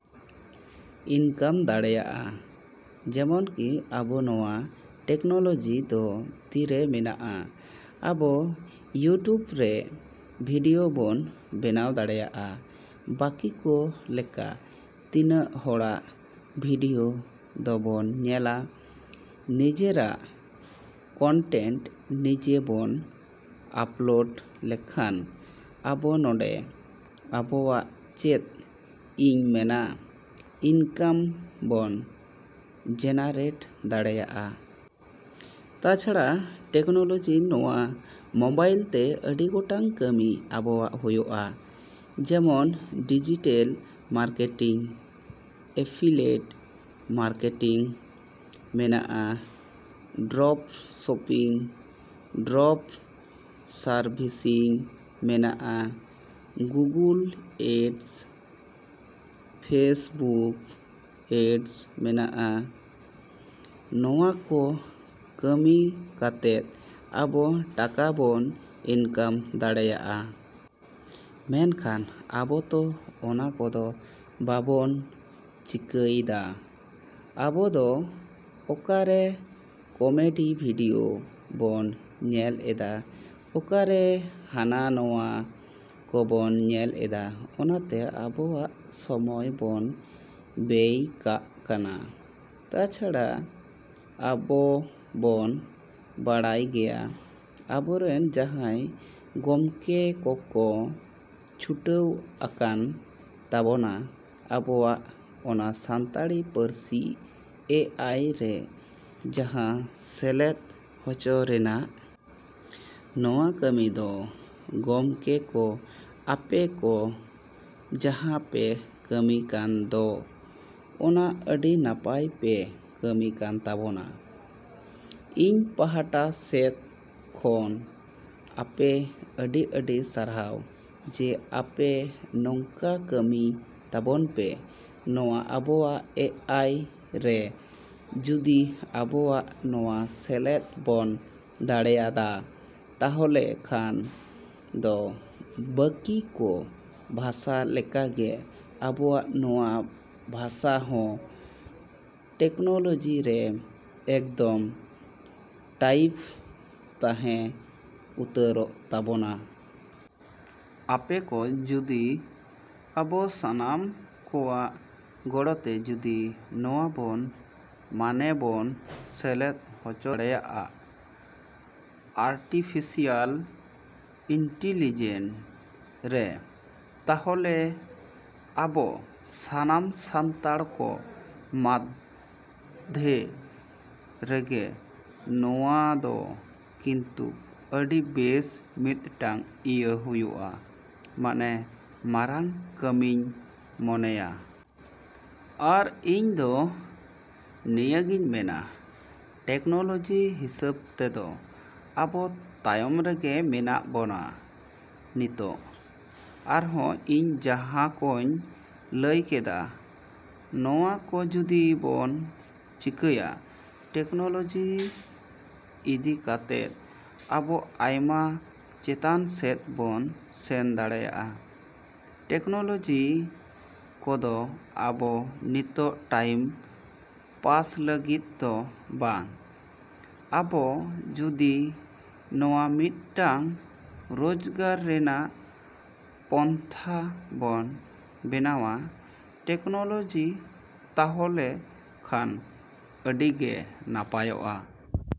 ‎ᱤᱱᱠᱟᱢ ᱫᱟᱲᱮᱭᱟᱜᱼᱟ᱾ ᱡᱮᱢᱚᱱᱠᱤ ᱟᱵᱚ ᱱᱚᱣᱟ ᱴᱮᱠᱱᱳᱞᱚᱡᱤ ᱫᱚ ᱛᱤᱨᱮ ᱢᱮᱱᱟᱜᱼᱟ, ᱟᱵᱚ ᱤᱭᱩᱴᱤᱭᱩᱵᱽ ᱨᱮ ᱵᱷᱤᱰᱭᱳ ᱵᱚᱱ ᱵᱮᱱᱟᱣ ᱫᱟᱲᱮᱭᱟᱜᱼᱟ᱾ ᱵᱟᱹᱠᱤ ᱠᱚ ᱞᱮᱠᱟ ᱛᱤᱱᱟᱹᱜ ᱦᱚᱲᱟᱜ ᱵᱷᱤᱰᱭᱳ ᱫᱚᱵᱚᱱ ᱧᱮᱞᱟ, ᱱᱤᱡᱮᱨᱟᱜ ᱠᱚᱱᱴᱮᱱᱴ ᱱᱤᱡᱮ ᱵᱚᱱ ᱟᱯᱞᱳᱰ ᱞᱮᱠᱷᱟᱱ ᱟᱵᱚ ᱱᱚᱸᱰᱮ ᱟᱵᱚᱣᱟᱜ ᱪᱮᱫ ᱤᱧ ᱢᱮᱱᱟ ᱤᱱᱠᱟᱢ ᱵᱚᱱ ᱡᱮᱱᱟᱨᱮᱴ ᱫᱟᱲᱮᱭᱟᱜᱼᱟ᱾ ᱛᱟᱪᱷᱟᱲᱟ ᱴᱮᱠᱱᱳᱞᱚᱡᱤ ᱱᱚᱣᱟ ᱢᱳᱵᱟᱭᱤᱞᱛᱮ ᱟᱹᱰᱤ ᱜᱚᱴᱟᱝ ᱠᱟᱹᱢᱤ ᱟᱵᱚᱣᱟᱜ ᱦᱩᱭᱩᱜᱼᱟ᱾ ᱡᱮᱢᱚᱱ ᱰᱤᱡᱤᱴᱮᱞ ᱢᱟᱨᱠᱮᱴᱤᱝ, ᱮᱯᱷᱤᱞᱮᱴ ᱢᱟᱨᱠᱮᱴᱤᱝ ᱢᱮᱱᱟᱜᱼᱟ, ᱰᱨᱚᱯ ᱥᱚᱯᱤᱝ, ᱰᱨᱚᱯ ᱥᱟᱨᱵᱷᱤᱥᱤᱝ ᱢᱮᱱᱟᱜᱼᱟ, ᱜᱩᱜᱩᱞ ᱮᱰᱥ, ᱯᱷᱮᱥᱵᱩᱠ ᱮᱰᱥ ᱢᱮᱱᱟᱜᱼᱟ᱾ ᱱᱚᱣᱟᱠᱚ ᱠᱟᱹᱢᱤ ᱠᱟᱛᱮᱫ ᱟᱵᱚ ᱴᱟᱠᱟ ᱵᱚᱱ ᱤᱱᱠᱟᱢ ᱫᱟᱲᱮᱭᱟᱜᱼᱟ᱾ ᱢᱮᱱᱠᱷᱟᱱ ᱟᱵᱚ ᱛᱚ ᱚᱱᱟ ᱠᱚᱫᱚ ᱵᱟᱵᱚᱱ ᱪᱤᱠᱟᱹᱭᱫᱟ᱾ ᱟᱵᱚᱫᱚ ᱚᱠᱟᱨᱮ ᱠᱚᱢᱮᱰᱤ ᱵᱷᱤᱰᱭᱳ ᱵᱚᱱ ᱧᱮᱞ ᱮᱫᱟ, ᱚᱠᱟᱨᱮ ᱦᱟᱱᱟ ᱱᱚᱣᱟ ᱠᱚᱵᱚᱱ ᱧᱮᱞ ᱮᱫᱟ, ᱚᱱᱟᱛᱮ ᱟᱵᱚᱣᱟᱜ ᱥᱚᱢᱚᱭ ᱵᱚᱱ ᱵᱮᱭ ᱠᱟᱜ ᱠᱟᱱᱟ᱾ ᱛᱟᱪᱷᱟᱲᱟ ᱟᱵᱚᱵᱚᱱ ᱵᱟᱲᱟᱭ ᱜᱮᱭᱟ ᱟᱵᱚ ᱨᱮᱱ ᱡᱟᱦᱟᱸ ᱜᱚᱢᱠᱮ ᱠᱚᱠᱚ ᱪᱷᱩᱴᱟᱹᱣ ᱟᱠᱟᱱ ᱛᱟᱵᱚᱱᱟ ᱟᱵᱚᱣᱟᱜ ᱚᱱᱟ ᱥᱟᱱᱛᱟᱲᱤ ᱯᱟᱹᱨᱥᱤ ᱮ ᱟᱭ ᱨᱮ ᱡᱟᱦᱟᱸ ᱥᱮᱞᱮᱫ ᱦᱚᱪᱚ ᱨᱮᱱᱟᱜ᱾ ᱱᱚᱣᱟ ᱠᱟᱹᱢᱤ ᱫᱚ ᱜᱚᱢᱠᱮ ᱠᱚ ᱟᱯᱮ ᱠᱚ ᱡᱟᱦᱟᱸ ᱯᱮ ᱠᱟᱹᱢᱤ ᱠᱟᱱ ᱫᱚ ᱚᱱᱟ ᱟᱹᱰᱤ ᱱᱟᱯᱟᱭ ᱯᱮ ᱠᱟᱹᱢᱤ ᱠᱟᱱ ᱛᱟᱵᱚᱱᱟ᱾ ᱤᱧ ᱯᱟᱦᱟᱴᱟ ᱥᱮᱫ ᱠᱷᱚᱱ ᱟᱯᱮ ᱟᱹᱰᱤᱼᱟᱹᱰᱤ ᱥᱟᱨᱦᱟᱣ ᱡᱮ ᱟᱯᱮ ᱱᱚᱝᱠᱟ ᱠᱟᱹᱢᱤ ᱛᱟᱵᱚᱱ ᱯᱮ᱾ ᱱᱚᱣᱟ ᱟᱵᱚᱣᱟᱜ ᱮ ᱟᱭ ᱨᱮ ᱡᱩᱫᱤ ᱟᱵᱚᱣᱟᱜ ᱱᱚᱣᱟ ᱥᱮᱞᱮᱫ ᱵᱚᱱ ᱫᱟᱲᱮᱭᱟᱫᱟ, ᱛᱟᱦᱚᱞᱮ ᱠᱷᱟᱱ ᱫᱚ ᱵᱟᱹᱠᱤ ᱠᱚ ᱵᱷᱟᱥᱟ ᱞᱮᱠᱟᱜᱮ ᱟᱵᱚᱣᱟᱜ ᱱᱚᱣᱟ ᱵᱷᱟᱥᱟ ᱦᱚᱸ ᱴᱮᱠᱱᱳᱞᱚᱡᱤ ᱨᱮ ᱮᱠᱫᱚᱢ ᱴᱟᱭᱤᱯᱷ ᱛᱟᱦᱮᱸ ᱩᱛᱟᱹᱨᱚᱜ ᱛᱟᱵᱳᱱᱟ᱾ ᱟᱯᱮ ᱠᱚ ᱡᱩᱫᱤ ᱟᱵᱚ ᱥᱟᱱᱟᱢ ᱠᱚᱣᱟᱜ ᱜᱚᱲᱚᱛᱮ ᱡᱩᱫᱤ ᱱᱚᱣᱟᱵᱚᱱ ᱢᱟᱱᱮ ᱵᱚᱱ ᱥᱮᱞᱮᱫ ᱦᱚᱪᱚ ᱫᱟᱲᱮᱭᱟᱜᱼᱟ ᱟᱨᱴᱤᱯᱷᱮᱥᱤᱭᱟᱞ ᱤᱱᱴᱤᱞᱤᱡᱮᱱ ᱨᱮ, ᱛᱟᱦᱚᱞᱮ ᱟᱵᱚ ᱥᱟᱱᱟᱢ ᱥᱟᱱᱛᱟᱲ ᱠᱚ ᱢᱚᱫᱽᱫᱷᱮ ᱨᱮᱜᱮ ᱱᱚᱣᱟᱫᱚ ᱠᱤᱱᱛᱩ ᱟᱹᱰᱤ ᱵᱮᱥ ᱢᱤᱫᱴᱟᱱ ᱤᱭᱟᱹ ᱦᱩᱭᱩᱜᱼᱟ, ᱢᱟᱱᱮ ᱢᱟᱨᱟᱝ ᱠᱟᱹᱢᱤᱧ ᱢᱚᱱᱮᱭᱟ᱾ ᱟᱨ ᱤᱧᱫᱚ ᱱᱤᱭᱟᱹᱜᱤᱧ ᱢᱮᱱᱟ ᱴᱮᱠᱱᱚᱞᱚᱡᱤ ᱦᱤᱥᱟᱹᱵ ᱛᱮᱫᱚ ᱟᱵᱚ ᱛᱟᱭᱚᱢ ᱨᱮᱜᱮ ᱢᱮᱱᱟᱜ ᱵᱚᱱᱟ ᱱᱤᱛᱚᱜ᱾ ᱟᱨᱦᱚᱸ ᱤᱧ ᱡᱟᱦᱟᱸᱠᱚᱧ ᱞᱟᱹᱭ ᱠᱮᱫᱟ, ᱱᱚᱣᱟᱠᱚ ᱡᱩᱫᱤ ᱵᱚᱱ ᱪᱤᱠᱟᱹᱭᱟ ᱴᱮᱠᱱᱳᱞᱚᱡᱤ ᱤᱫᱤ ᱠᱟᱛᱮᱫ ᱟᱵᱚ ᱟᱭᱢᱟ ᱪᱮᱛᱟᱱ ᱥᱮᱫ ᱵᱚᱱ ᱥᱮᱱ ᱫᱟᱲᱮᱭᱟᱜᱼᱟ᱾ ᱴᱮᱠᱱᱳᱞᱚᱡᱤ ᱠᱚᱫᱚ ᱟᱵᱚ ᱱᱤᱛᱚᱜ ᱴᱟᱭᱤᱢ ᱯᱟᱥ ᱞᱟᱹᱜᱤᱫ ᱫᱚ ᱵᱟᱝ, ᱟᱵᱚ ᱡᱩᱫᱤ ᱱᱚᱣᱟ ᱢᱤᱫᱴᱟᱱ ᱨᱳᱡᱽᱜᱟᱨ ᱨᱮᱱᱟᱜ ᱯᱚᱱᱛᱷᱟ ᱵᱚᱱ ᱵᱮᱱᱟᱣᱟ ᱴᱮᱠᱱᱳᱞᱚᱡᱤ, ᱛᱟᱦᱚᱞᱮ ᱠᱷᱟᱱ ᱟᱹᱰᱤᱜᱮ ᱱᱟᱯᱟᱭᱚᱜᱼᱟ।